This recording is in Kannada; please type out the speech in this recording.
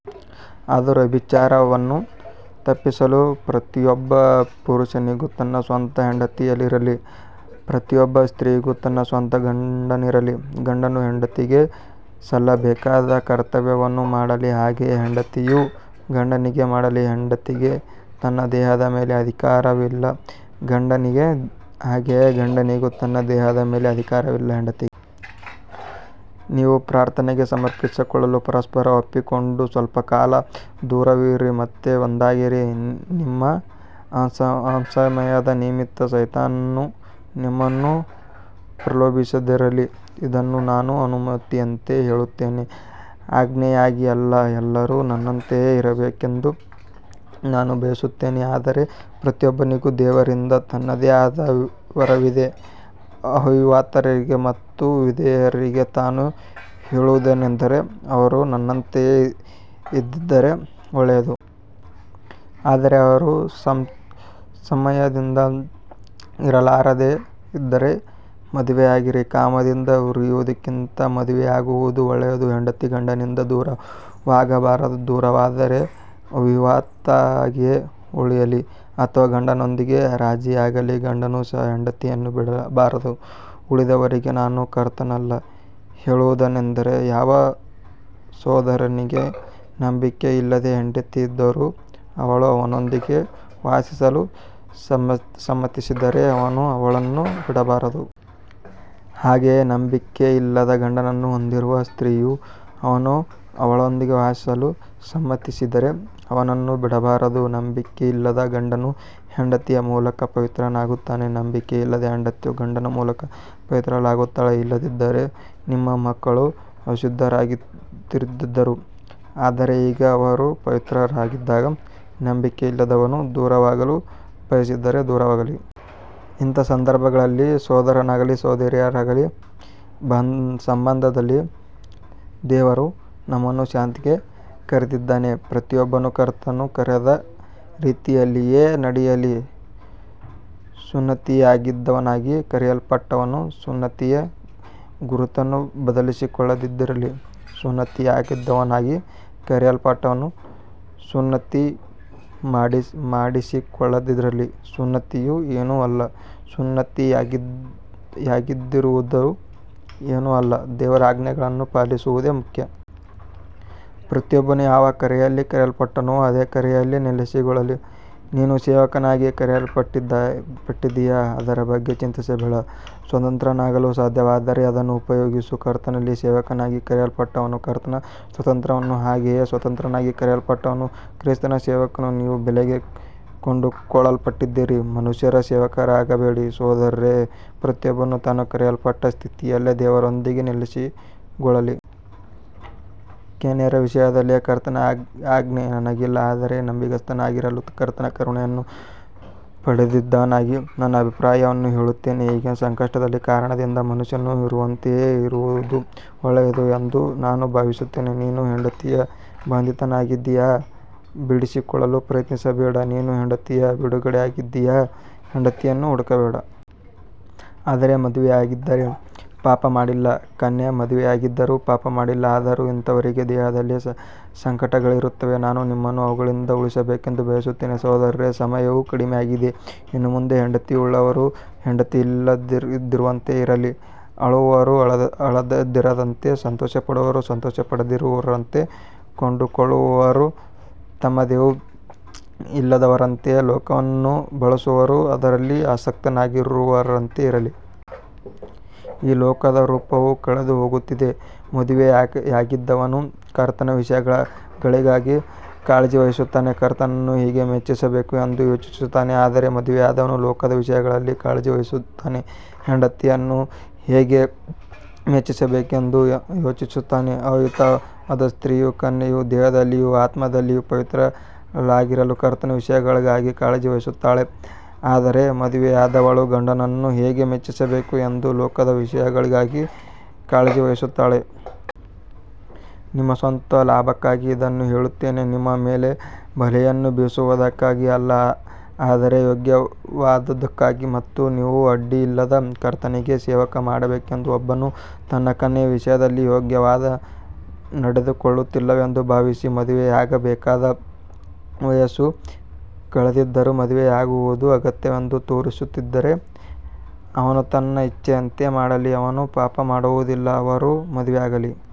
ಆದರೂ ವ್ಯಭಿಚಾರವನ್ನು ತಪ್ಪಿಸಲು ಪ್ರತಿಯೊಬ್ಬ ಪುರುಷನಿಗೂ ತನ್ನ ಸ್ವಂತ ಹೆಂಡತಿಯಿರಲಿ, ಪ್ರತಿಯೊಬ್ಬ ಸ್ತ್ರೀಗೂ ತನ್ನ ಸ್ವಂತ ಗಂಡನಿರಲಿ. ಗಂಡನು ಹೆಂಡತಿಗೆ ಸಲ್ಲಬೇಕಾದ ಕರ್ತವ್ಯವನ್ನು ಮಾಡಲಿ, ಹಾಗೆಯೇ ಹೆಂಡತಿಯೂ ಗಂಡನಿಗೆ ಮಾಡಲಿ. ಹೆಂಡತಿಗೆ ತನ್ನ ದೇಹದ ಮೇಲೆ ಅಧಿಕಾರವಿಲ್ಲ, ಗಂಡನಿಗಿದೆ, ಹಾಗೆಯೇ ಗಂಡನಿಗೂ ತನ್ನ ದೇಹದ ಮೇಲೆ ಅಧಿಕಾರವಿಲ್ಲ, ಹೆಂಡತಿಗಿದೆ. ನೀವು ಪ್ರಾರ್ಥನೆಗೆ ಸಮರ್ಪಿಸಿಕೊಳ್ಳಲು ಪರಸ್ಪರ ಒಪ್ಪಿಕೊಂಡು ಸ್ವಲ್ಪಕಾಲ ದೂರವಿರಿರಿ, ಮತ್ತೆ ಒಂದಾಗಿರಿ, ನಿಮ್ಮ ಅಸಂಯಮದ ನಿಮಿತ್ತ ಸೈತಾನನು ನಿಮ್ಮನ್ನು ಪ್ರಲೋಭಿಸದಿರಲಿ. ಇದನ್ನು ನಾನು ಅನುಮತಿಯಂತೆ ಹೇಳುತ್ತೇನೆ, ಆಜ್ಞೆಯಾಗಿ ಅಲ್ಲ. ಎಲ್ಲರೂ ನನ್ನಂತೆಯೇ ಇರಬೇಕೆಂದು ನಾನು ಬಯಸುತ್ತೇನೆ, ಆದರೆ ಪ್ರತಿಯೊಬ್ಬನಿಗೂ ದೇವರಿಂದ ತನ್ನದೇ ಆದ ವರವಿದೆ. ಅವಿವಾಹಿತರಿಗೆ ಮತ್ತು ವಿಧವೆಯರಿಗೆ ನಾನು ಹೇಳುವುದೇನೆಂದರೆ, ಅವರು ನನ್ನಂತೆಯೇ ಇದ್ದರೆ ಒಳ್ಳೆಯದು. ಆದರೆ ಅವರು ಸಂಯಮದಿಂದ ಇರಲಾರದೆ ಇದ್ದರೆ ಮದುವೆಯಾಗಲಿ, ಕಾಮದಿಂದ ಉರಿಯುವುದಕ್ಕಿಂತ ಮದುವೆಯಾಗುವುದು ಒಳ್ಳೆಯದು. ಹೆಂಡತಿ ಗಂಡನಿಂದ ದೂರವಾಗಬಾರದು, ದೂರವಾದರೆ ಅವಿವಾಹಿತಳಾಗಿಯೇ ಉಳಿಯಲಿ ಅಥವಾ ಗಂಡನೊಂದಿಗೆ ರಾಜಿಯಾಗಲಿ, ಗಂಡನು ಸಹ ಹೆಂಡತಿಯನ್ನು ಬಿಡಬಾರದು. ಉಳಿದವರಿಗೆ ನಾನು, ಕರ್ತನಲ್ಲ, ಹೇಳುವುದೇನೆಂದರೆ, ಯಾವ ಸಹೋದರನಿಗೆ ನಂಬಿಕೆಯಿಲ್ಲದ ಹೆಂಡತಿಯಿದ್ದರೂ ಅವಳು ಅವನೊಂದಿಗೆ ವಾಸಿಸಲು ಸಮ್ಮತಿಸಿದರೆ ಅವನು ಅವಳನ್ನು ಬಿಡಬಾರದು. ಹಾಗೆಯೇ ನಂಬಿಕೆಯಿಲ್ಲದ ಗಂಡನನ್ನು ಹೊಂದಿರುವ ಸ್ತ್ರೀಯು, ಅವನು ಅವಳೊಂದಿಗೆ ವಾಸಿಸಲು ಸಮ್ಮತಿಸಿದರೆ, ಅವನನ್ನು ಬಿಡಬಾರದು. ನಂಬಿಕೆಯಿಲ್ಲದ ಗಂಡನು ಹೆಂಡತಿಯ ಮೂಲಕ ಪವಿತ್ರನಾಗುತ್ತಾನೆ, ನಂಬಿಕೆಯಿಲ್ಲದ ಹೆಂಡತಿಯು ಗಂಡನ ಮೂಲಕ ಪವಿತ್ರಳಾಗುತ್ತಾಳೆ. ಇಲ್ಲದಿದ್ದರೆ ನಿಮ್ಮ ಮಕ್ಕಳು ಅಶುದ್ಧರಾಗುತ್ತಿದ್ದರು, ಆದರೆ ಈಗ ಅವರು ಪವಿತ್ರರಾಗಿದ್ದಾರೆ. ನಂಬಿಕೆಯಿಲ್ಲದವನು ದೂರವಾಗಲು ಬಯಸಿದರೆ ದೂರವಾಗಲಿ. ಇಂಥ ಸಂದರ್ಭಗಳಲ್ಲಿ ಸಹೋದರನಾಗಲಿ ಸಹೋದರಿಯಾಗಲಿ ಬಂಧನದಲ್ಲಿಲ್ಲ, ದೇವರು ನಮ್ಮನ್ನು ಶಾಂತಿಗೆ ಕರೆದಿದ್ದಾನೆ. ಪ್ರತಿಯೊಬ್ಬನು ಕರ್ತನು ಕರೆದ ರೀತಿಯಲ್ಲಿಯೇ ನಡೆಯಲಿ. ಸುನ್ನತಿಯಾದವನಾಗಿ ಕರೆಯಲ್ಪಟ್ಟವನು ಸುನ್ನತಿಯ ಗುರುತನ್ನು ಬದಲಿಸಿಕೊಳ್ಳದಿರಲಿ, ಸುನ್ನತಿಯಾಗದವನಾಗಿ ಕರೆಯಲ್ಪಟ್ಟವನು ಸುನ್ನತಿ ಮಾಡಿಸಿಕೊಳ್ಳದಿರಲಿ. ಸುನ್ನತಿಯು ಏನೂ ಅಲ್ಲ, ಸುನ್ನತಿಯಾಗದಿರುವುದೂ ಏನೂ ಅಲ್ಲ, ದೇವರ ಆಜ್ಞೆಗಳನ್ನು ಪಾಲಿಸುವುದೇ ಮುಖ್ಯ. ಪ್ರತಿಯೊಬ್ಬನು ಯಾವ ಕರೆಯಲ್ಲಿ ಕರೆಯಲ್ಪಟ್ಟನೋ ಅದೇ ಕರೆಯಲ್ಲಿ ನೆಲೆಗೊಳ್ಳಲಿ. ನೀನು ಸೇವಕನಾಗಿ ಕರೆಯಲ್ಪಟ್ಟಿದ್ದೀಯಾ, ಅದರ ಬಗ್ಗೆ ಚಿಂತಿಸಬೇಡ. ಸ್ವತಂತ್ರನಾಗಲು ಸಾಧ್ಯವಾದರೆ ಅದನ್ನು ಉಪಯೋಗಿಸು. ಕರ್ತನಲ್ಲಿ ಸೇವಕನಾಗಿ ಕರೆಯಲ್ಪಟ್ಟವನು ಕರ್ತನ ಸ್ವತಂತ್ರನು, ಹಾಗೆಯೇ ಸ್ವತಂತ್ರನಾಗಿ ಕರೆಯಲ್ಪಟ್ಟವನು ಕ್ರಿಸ್ತನ ಸೇವಕನು. ನೀವು ಬೆಲೆಗೆ ಕೊಂಡುಕೊಳ್ಳಲ್ಪಟ್ಟಿದ್ದೀರಿ, ಮನುಷ್ಯರ ಸೇವಕರಾಗಬೇಡಿ. ಸಹೋದರರೇ, ಪ್ರತಿಯೊಬ್ಬನು ತಾನು ಕರೆಯಲ್ಪಟ್ಟ ಸ್ಥಿತಿಯಲ್ಲಿಯೇ ದೇವರೊಂದಿಗೆ ನೆಲೆಗೊಳ್ಳಲಿ. ಕನ್ಯೆಯರ ವಿಷಯದಲ್ಲಿ ಕರ್ತನ ಆಜ್ಞೆ ನನಗಿಲ್ಲ, ಆದರೆ ನಂಬಿಗಸ್ತನಾಗಿರಲು ಕರ್ತನ ಕರುಣೆಯನ್ನು ಪಡೆದವನಾಗಿ ನನ್ನ ಅಭಿಪ್ರಾಯವನ್ನು ಹೇಳುತ್ತೇನೆ. ಈಗಿನ ಸಂಕಷ್ಟದ ಕಾರಣದಿಂದ ಮನುಷ್ಯನು ಇರುವಂತೆಯೇ ಇರುವುದು ಒಳ್ಳೆಯದು ಎಂದು ನಾನು ಭಾವಿಸುತ್ತೇನೆ. ನೀನು ಹೆಂಡತಿಗೆ ಬಂಧಿತನಾಗಿದ್ದೀಯಾ, ಬಿಡಿಸಿಕೊಳ್ಳಲು ಪ್ರಯತ್ನಿಸಬೇಡ. ನೀನು ಹೆಂಡತಿಯಿಂದ ಬಿಡುಗಡೆಯಾಗಿದ್ದೀಯಾ, ಹೆಂಡತಿಯನ್ನು ಹುಡುಕಬೇಡ. ಆದರೆ ಮದುವೆಯಾದರೆ ಪಾಪಮಾಡಿಲ್ಲ, ಕನ್ಯೆ ಮದುವೆಯಾದರೂ ಪಾಪಮಾಡಿಲ್ಲ. ಆದರೂ ಇಂಥವರಿಗೆ ದೇಹದಲ್ಲಿ ಸಂಕಟಗಳಿರುತ್ತವೆ, ನಾನು ನಿಮ್ಮನ್ನು ಅವುಗಳಿಂದ ಉಳಿಸಬೇಕೆಂದು ಬಯಸುತ್ತೇನೆ. ಸಹೋದರರೇ, ಸಮಯವು ಕಡಿಮೆಯಾಗಿದೆ. ಇನ್ನು ಮುಂದೆ ಹೆಂಡತಿಯುಳ್ಳವರು ಹೆಂಡತಿಯಿಲ್ಲದವರಂತೆ ಇರಲಿ, ಅಳುವವರು ಅಳದವರಂತೆ, ಸಂತೋಷಪಡುವವರು ಸಂತೋಷಪಡದವರಂತೆ, ಕೊಂಡುಕೊಳ್ಳುವವರು ತಮ್ಮದೇನೂ ಇಲ್ಲದವರಂತೆ, ಲೋಕವನ್ನು ಬಳಸುವವರು ಅದರಲ್ಲಿ ಆಸಕ್ತರಾಗದವರಂತೆ ಇರಲಿ. ಈ ಲೋಕದ ರೂಪವು ಕಳೆದುಹೋಗುತ್ತಿದೆ. ಮದುವೆಯಾಗದವನು ಕರ್ತನ ವಿಷಯಗಳಿಗಾಗಿ ಕಾಳಜಿವಹಿಸುತ್ತಾನೆ, ಕರ್ತನನ್ನು ಹೇಗೆ ಮೆಚ್ಚಿಸಬೇಕು ಎಂದು ಯೋಚಿಸುತ್ತಾನೆ. ಆದರೆ ಮದುವೆಯಾದವನು ಲೋಕದ ವಿಷಯಗಳಿಗಾಗಿ ಕಾಳಜಿವಹಿಸುತ್ತಾನೆ, ಹೆಂಡತಿಯನ್ನು ಹೇಗೆ ಮೆಚ್ಚಿಸಬೇಕು ಎಂದು ಯೋಚಿಸುತ್ತಾನೆ. ಅವಿವಾಹಿತ ಸ್ತ್ರೀಯೂ ಕನ್ಯೆಯೂ ದೇಹದಲ್ಲಿಯೂ ಆತ್ಮದಲ್ಲಿಯೂ ಪವಿತ್ರಳಾಗಿರಲು ಕರ್ತನ ವಿಷಯಗಳಿಗಾಗಿ ಕಾಳಜಿವಹಿಸುತ್ತಾಳೆ, ಆದರೆ ಮದುವೆಯಾದವಳು ಗಂಡನನ್ನು ಹೇಗೆ ಮೆಚ್ಚಿಸಬೇಕು ಎಂದು ಲೋಕದ ವಿಷಯಗಳಿಗಾಗಿ ಕಾಳಜಿವಹಿಸುತ್ತಾಳೆ. ನಿಮ್ಮ ಸ್ವಂತ ಲಾಭಕ್ಕಾಗಿ ಇದನ್ನು ಹೇಳುತ್ತೇನೆ, ನಿಮ್ಮ ಮೇಲೆ ಬಲೆಯನ್ನು ಬೀಸುವುದಕ್ಕಾಗಿ ಅಲ್ಲ, ಆದರೆ ಯೋಗ್ಯವಾದದ್ದಕ್ಕಾಗಿ ಮತ್ತು ನೀವು ಅಡ್ಡಿಯಿಲ್ಲದೆ ಕರ್ತನಿಗೆ ಸೇವೆಮಾಡಬೇಕೆಂದು. ಒಬ್ಬನು ತನ್ನ ಕನ್ಯೆಯ ವಿಷಯದಲ್ಲಿ ಯೋಗ್ಯವಾಗಿ ನಡೆದುಕೊಳ್ಳುತ್ತಿಲ್ಲವೆಂದು ಭಾವಿಸಿ, ಮದುವೆಯಾಗಬೇಕಾದ ವಯಸ್ಸು ಕಳೆದಿದ್ದರೂ ಮದುವೆಯಾಗುವುದು ಅಗತ್ಯವೆಂದು ತೋರುತ್ತಿದ್ದರೆ, ಅವನು ತನ್ನ ಇಚ್ಛೆಯಂತೆ ಮಾಡಲಿ, ಅವನು ಪಾಪಮಾಡುವುದಿಲ್ಲ, ಅವರು ಮದುವೆಯಾಗಲಿ.